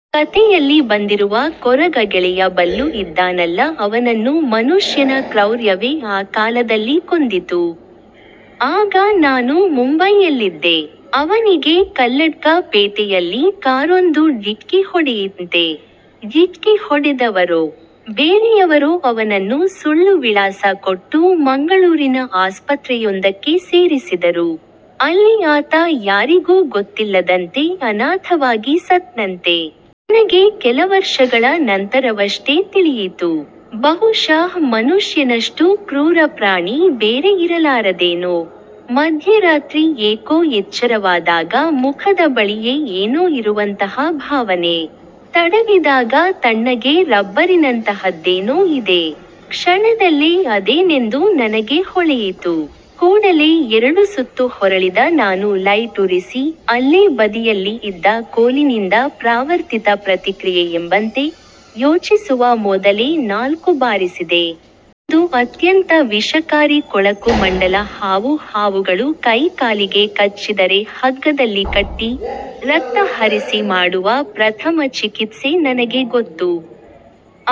ಈ ಕತೆಯಲ್ಲಿ ಬಂದಿರುವ ಕೊರಗ ಗೆಳೆಯ ಬಲ್ಲು ಇದ್ದಾನಲ್ಲ ಅವನನ್ನು ಮನುಷ್ಯನ ಕ್ರೌರ್ಯವೇ ಆ ಕಾಲದಲ್ಲಿ ಕೊಂದಿತು. ಆಗ ನಾನು ಮುಂಬೈಯಲ್ಲಿದ್ದೆ. ಅವನಿಗೆ ಕಲ್ಲಡ್ಕ ಪೇಟೆಯಲ್ಲಿ ಕಾರೊಂದು ಢಿಕ್ಕಿ ಹೊಡೆಯಿತಂತೆ. ಢಿಕ್ಕಿ ಹೊಡೆದವರೋ, ಬೇರೆಯವರೋ ಅವನನ್ನು ಸುಳ್ಳು ವಿಳಾಸ ಕೊಟ್ಟು ಮಂಗಳೂರಿನ ಆಸ್ಪತ್ರೆಯೊಂದಕ್ಕೆ ಸೇರಿಸಿದರು. ಅಲ್ಲಿ ಆತ ಯಾರಿಗೂ ಗೊತ್ತಿಲ್ಲದಂತೆ ಅನಾಥವಾಗಿ ಸತ್ತನಂತೆ. ನನಗೆ ಕೆಲವರ್ಷಗಳ ನಂತರವಷ್ಟೇ ತಿಳಿಯಿತು. ಬಹುಶಃ ಮನುಷ್ಯನಷ್ಟು ಕ್ರೂರ ಪ್ರಾಣಿ ಬೇರೆ ಇರಲಾರದೇನೋ. ಮಧ್ಯರಾತ್ರಿ ಏಕೋ ಎಚ್ಚರವಾದಾಗ ಮುಖದ ಬಳಿಯೇ ಏನೋ ಇರುವಂತಹ ಭಾವನೆ. ತಡವಿದಾಗ ತಣ್ಣಗೆ ರಬ್ಬರಿನಂತಹದ್ದೇನೋ ಇದೆ. ಕ್ಷಣದಲ್ಲೇ ಅದೇನೆಂದು ನನಗೆ ಹೊಳೆಯಿತು. ಕೂಡಲೇ ಎರಡು ಸುತ್ತು ಹೊರಳಿದ ನಾನು ಲೈಟ್ ಉರಿಸಿ, ಅಲ್ಲೇ ಬದಿಯಲ್ಲಿ ಇದ್ದ ಕೋಲಿನಿಂದ ಪರಾವರ್ತಿತ ಪ್ರತಿಕ್ರಿಯೆ ಎಂಬಂತೆ, ಯೋಚಿಸುವ ಮೊದಲೇ ನಾಲ್ಕು ಬಾರಿಸಿದೆ. ಅದೊಂದು ಅತ್ಯಂತ ವಿಷಕಾರಿ ಕೊಳಕು ಮಂಡಲ ಹಾವು ಹಾವುಗಳು ಕೈ ಕಾಲಿಗೆ ಕಚ್ಚಿದರೆ ಹಗ್ಗದಲ್ಲಿ ಕಟ್ಟಿ, ರಕ್ತ ಹರಿಸಿ ಮಾಡುವ ಪ್ರಥಮ ಚಿಕಿತ್ಸೆ ನನಗೆ ಗೊತ್ತು.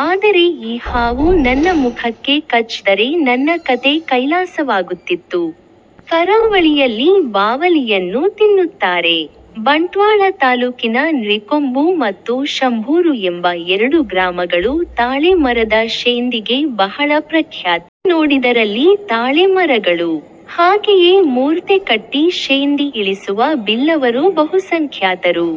ಆದರೆ ಈ ಹಾವು ನನ್ನ ಮುಖಕ್ಕೆ ಕಚ್ಚದ್ದರೆ ನನ್ನ ಕತೆ ಕೈಲಾಸವಾಗುತ್ತಿತ್ತು. ಕರಾವಳಿಯಲ್ಲಿ ಬಾವಲಿಯನ್ನೂ ತಿನ್ನುತ್ತಾರೆ. ಬಂಟ್ವಾಳ ತಾಲೂಕಿನ ನರಿಕೊಂಬು ಮತ್ತು ಶಂಭೂರು ಎಂಬ ಎರಡು ಗ್ರಾಮಗಳು ತಾಳೆ ಮರದ ಶೇಂದಿಗೆ ಬಹಳ ಪ್ರಖ್ಯಾತ. ಎಲ್ಲಿ ನೋಡಿದರಲ್ಲಿ ತಾಳೆ ಮರಗಳು. ಹಾಗೆಯೇ ಮೂರ್ತೆ ಕಟ್ಟಿ ಶೇಂದಿ ಇಳಿಸುವ ಬಿಲ್ಲವರು ಬಹುಸಂಖ್ಯಾತರು.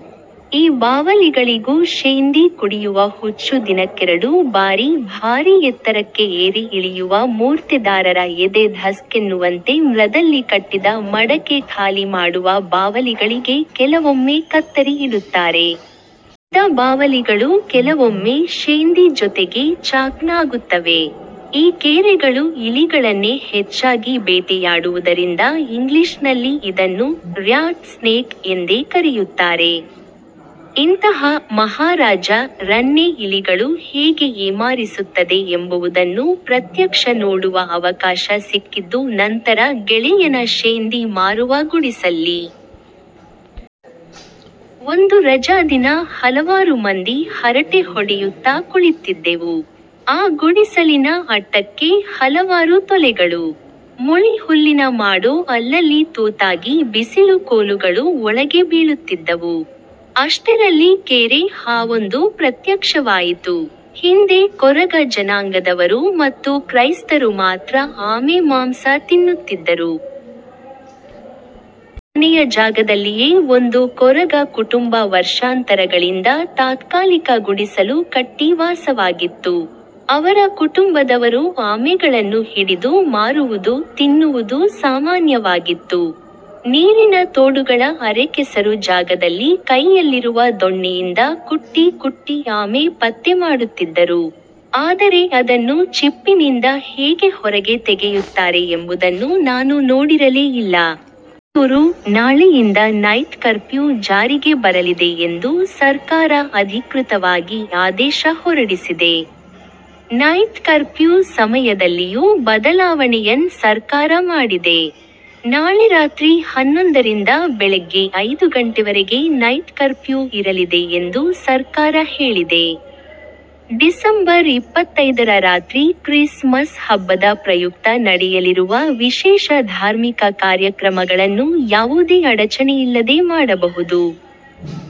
ಈ ಬಾವಲಿಗಳಿಗೂ ಶೇಂದಿ ಕುಡಿಯುವ ಹುಚ್ಚು ದಿನಕ್ಕೆರಡು ಬಾರಿ ಭಾರೀ ಎತ್ತರಕ್ಕೆ ಏರಿ ಇಳಿಯುವ ಮೂರ್ತೆದಾರರ ಎದೆ ಧಸಕ್ಕೆನ್ನುವಂತೆ ಮರದಲ್ಲಿ ಕಟ್ಟಿದ ಮಡಕೆ ಖಾಲಿ ಮಾಡುವ ಬಾವಲಿಗಳಿಗೆ ಕೆಲವೊಮ್ಮೆ ಕತ್ತರಿ ಇಡುತ್ತಾರೆ. ಬಿದ್ದ ಬಾವಲಿಗಳು ಕೆಲವೊಮ್ಮೆ ಶೇಂದಿ ಜೊತೆಗೆ ಚಾಕಣ ಆಗುತ್ತವೆ. ಈ ಕೇರೆಗಳು ಇಲಿಗಳನ್ನೇ ಹೆಚ್ಚಾಗಿ ಬೇಟೆಯಾಡುವುದರಿಂದ ಇಂಗ್ಲಿಷ್ ನಲ್ಲಿ ಇದನ್ನು 'ರ್ಯಾಟ್ ಸ್ನೇಕ್' ಎಂದೇ ಕರೆಯುತ್ತಾರೆ. ಇಂತಹ 'ಮಹಾರಾಜ'ರನ್ನೇ ಇಲಿಗಳು ಹೇಗೆ ಏಮಾರಿಸುತ್ತದೆ ಎಂಬುವುದನ್ನು ಪ್ರತ್ಯಕ್ಷ ನೋಡುವ ಅವಕಾಶ ಸಿಕ್ಕಿದ್ದು ನಂತರ ಗೆಳೆಯನ ಶೇಂದಿ ಮಾರುವ ಗುಡಿಸಲಲ್ಲಿ. ಒಂದು ರಜಾ ದಿನ ಹಲವಾರು ಮಂದಿ ಹರಟೆ ಹೊಡೆಯುತ್ತಾ ಕುಳಿತ್ತಿದ್ದೆವು. ಆ ಗುಡಿಸಲಿನ ಅಟ್ಟಕ್ಕೆ ಹಲವಾರು ತೊಲೆಗಳು. ಮುಳಿ ಹುಲ್ಲಿನ ಮಾಡೋ ಅಲ್ಲಲ್ಲಿ ತೂತಾಗಿ ಬಿಸಿಲು ಕೋಲುಗಳು ಒಳಗೆ ಬೀಳುತ್ತಿದ್ದವು. ಅಷ್ಟರಲ್ಲಿ ಕೇರೆ ಹಾವೊಂದು ಪ್ರತ್ಯಕ್ಷವಾಯಿತು!! ಹಿಂದೆ ಕೊರಗ ಜನಾಂಗದವರು ಮತ್ತು ಕ್ರೈಸ್ತರು ಮಾತ್ರ ಆಮೆ ಮಾಂಸ ತಿನ್ನುತ್ತಿದ್ದರು. ನಮ್ಮ ಮನೆಯ ಜಾಗದಲ್ಲಿಯೇ ಒಂದು ಕೊರಗ ಕುಟುಂಬ ವರ್ಷಾಂತರಗಳಿಂದ ತಾತ್ಕಾಲಿಕ ಗುಡಿಸಲು ಕಟ್ಟಿ ವಾಸವಾಗಿತ್ತು. ಅವರ ಕುಟುಂಬದವರು ಆಮೆಗಳನ್ನು ಹಿಡಿದು ಮಾರುವುದು, ತಿನ್ನುವುದು ಸಾಮಾನ್ಯವಾಗಿತ್ತು. ನೀರಿನ ತೋಡುಗಳ ಅರೆಕೆಸರು ಜಾಗದಲ್ಲಿ ಕೈಯಲ್ಲಿರುವ ದೊಣ್ಣೆಯಿಂದ ಕುಟ್ಟಿ ಕುಟ್ಟಿ ಆಮೆ ಪತ್ತೆ ಮಾಡುತ್ತಿದ್ದರು. ಆದರೆ ಅದನ್ನು ಚಿಪ್ಪಿನಿಂದ ಹೇಗೆ ಹೊರಗೆ ತೆಗೆಯುತ್ತಾರೆ ಎಂಬುದನ್ನು ನಾನು ನೋಡಿರಲೇ ಇಲ್ಲ. ಬೆಂಗಳೂರು: ನಾಳೆಯಿಂದ ನೈಟ್ ಕರ್ಪ್ಯೂ ಜಾರಿಗೆ ಬರಲಿದೆ ಎಂದು ಸರ್ಕಾರ ಅಧಿಕೃತವಾಗಿ ಆದೇಶ ಹೊರಡಿಸಿದೆ. ನೈಟ್ ಕರ್ಪ್ಯೂ ಸಮಯದಲ್ಲಿಯೂ ಬದಲಾವಣೆಯನ್ನ ಸರ್ಕಾರ ಮಾಡಿದೆ. ನಾಳೆ ರಾತ್ರಿ ಹನ್ನೊಂದರಿಂದ ಬೆಳಗ್ಗೆ ಐದು ಗಂಟೆವರೆಗೆ ನೈಟ್ ಕರ್ಪ್ಯೂ ಇರಲಿದೆ ಎಂದು ಸರ್ಕಾರ ಹೇಳಿದೆ. ಡಿಸಂಬರ್ ಇಪ್ಪತ್ತೈದರ ರಾತ್ರಿ ಕ್ರಿಸ್ ಮಸ್ ಹಬ್ಬದ ಪ್ರಯುಕ್ತ ನಡೆಯಲಿರುವ ವಿಶೇಷ ಧಾರ್ಮಿಕ ಕಾರ್ಯಕ್ರಮಗಳನ್ನು ಯಾವುದೇ ಅಡಚಣೆಯಿಲ್ಲದೆ ಮಾಡಬಹುದು.